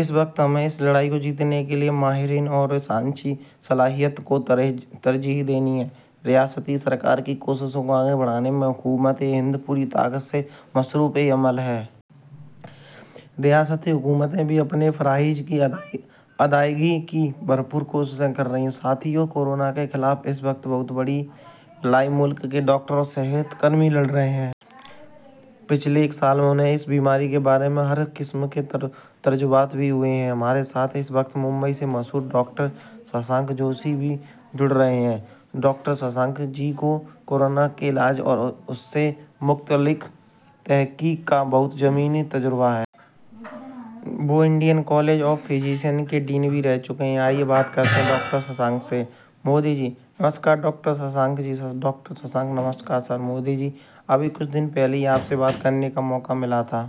اس وقت ، ہمیں اس لڑائی کو جیتنے کے لیے، ماہرین اور سائنسی صلاح کو ترجیح دینی ہے۔ ریاستی سرکار کی کوششوں کو آگے بڑھانے میں حکومت ہند پوری طاقت سے مصروف عمل ہے۔ ریاستی حکومتیں بھی اپنے فرائض کی ادائیگی کی بھر پور کوششیں کر رہی ہیں۔ ساتھیو، کو رونا کے خلاف اس وقت بہت بڑی لڑائی ملک کے ڈاکٹر اور صحت کارکنان لڑ رہے ہیں۔ پچھلے ایک سال میں انہیں اس بیماری کے بارے میں ہر قسم کے تجربات بھی ہوئے ہیں۔ ہمارے ساتھ، اس وقت ، ممبیٔ سے مشہور ڈاکٹر ششانک جوشی جی جڑ رہے ہیں۔ ڈاکٹر ششانک جی کو کو رونا کے علاج اور اس سے متعلق تحقیق کا بہت زمینی تجربہ ہے۔ وہ انڈین کالج آف فیزیسین کے ڈین بھی رہ چکے ہیں۔ آئیے بات کرتے ہیں ڈاکٹر ششانک سے :- مودی جی – نمسکار ڈاکٹر ششانک جی ڈاکٹر ششانک – نمسکار سر۔ مودی جی – ابھی کچھ دن پہلے ہی آپ سے بات کرنے کا موقع ملا تھا۔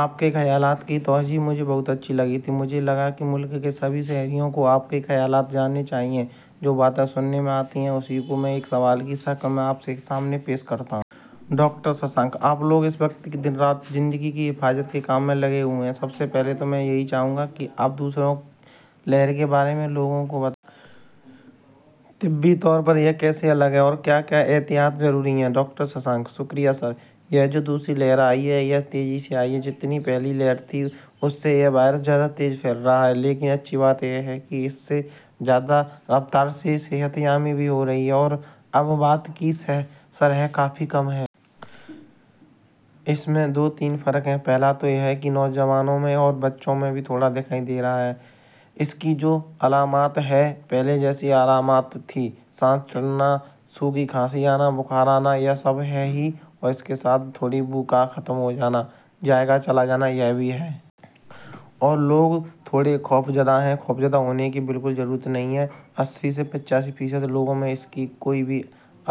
آپکے خیالات کی توضیح مجھے بہت اچھی لگی تھی۔ مجھے لگا ملک کے سبھی شہری کو آپ کے خیالات جاننے چاہیئے۔ جو باتیں سننے میں آتی اسی کو میں ایک سوال کی شکل میں آپکے سامنے پیش کرتا ہوں۔ ڈاکٹر ششانک – آپ لوگ اس وقت دن رات زندگی کی حفاظت کے کام میں لگے ہوئے ہیں، سب سے پہلے تو میں چاہونگا کہ آپ دوسری لہر کے بارے میں لوگوں کو بتائیں۔ طبی طور پر یہ کیسے الگ ہے اور کیا کیا احتیاط ضروری ہے۔ ڈاکٹر ششانک – شکریہ سر، یہ جو دوسری لہر آئی ہے۔ یہ تیزی سے آئی ہے، تو جتنی پہلی لہر تھی اس سے یہ وائرس زیادہ تیز چل رہا ہے، لیکن اچھی بات یہ ہے کہ اس سے زیادہ رفتار سےصحت یابی بھی ہو رہی ہے اور اموات کی شرح کافی کم ہے۔ اس میں دو تین فرق ہے، پہلا تو یہ نوجوانوں میں اور بچوں میں بھی تھوڑا دکھائی دے رہا ہے۔ اسکی جو علامت ہے، پہلے جیسی علامت تھی سانس چڑھنا، سوکھی کھانسی آنا، بخار آنا یہ تو سب ہے ہی اور اسکے ساتھ تھوڑی بو کا ختم ہو جانا، ذائقہ چلا جانا یہ بھی ہے۔ اور لوگ تھوڑے خوفزدہ ہیں۔ خوفزدہ ہونے کی بالکل ضرورت نہیں ہے۔ - فیصد لوگوں میں اس کی کوئی بھی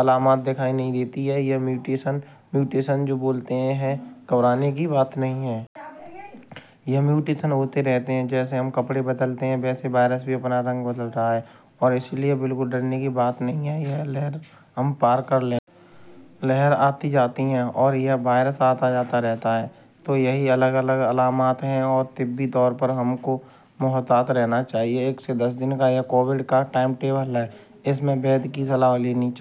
علامت دکھائی نہیں دیتی ہے، یہ میوٹیشن – میوٹیشن جو بولتے ہیں، گھبرانے کی بات نہیں ہے۔ یہ میوٹیشن ہوتے رہتے ہیں جیسے ہم کپڑے بدلتے ہیں ویسے وائرس بھی اپنا رنگ بدل رہا ہے اور اسلئے بالکل ڈرنے کی بات نہیں ہے اور یہ لہر ہم پار کر لیں گے۔ لہرآتی جاتی ہے، اور یہ وائرس آتاجاتا رہتا ہے تو یہی الگ الگ علامتیں ہیں ہے اور طبی طور پر ہم کو محتاط رہنا چاہیئے۔ ایک سے دن کا یہ کووڈ کا ٹائم ٹیبل ہے اس میں ویدیہ کی صلاح لینی چاہیے۔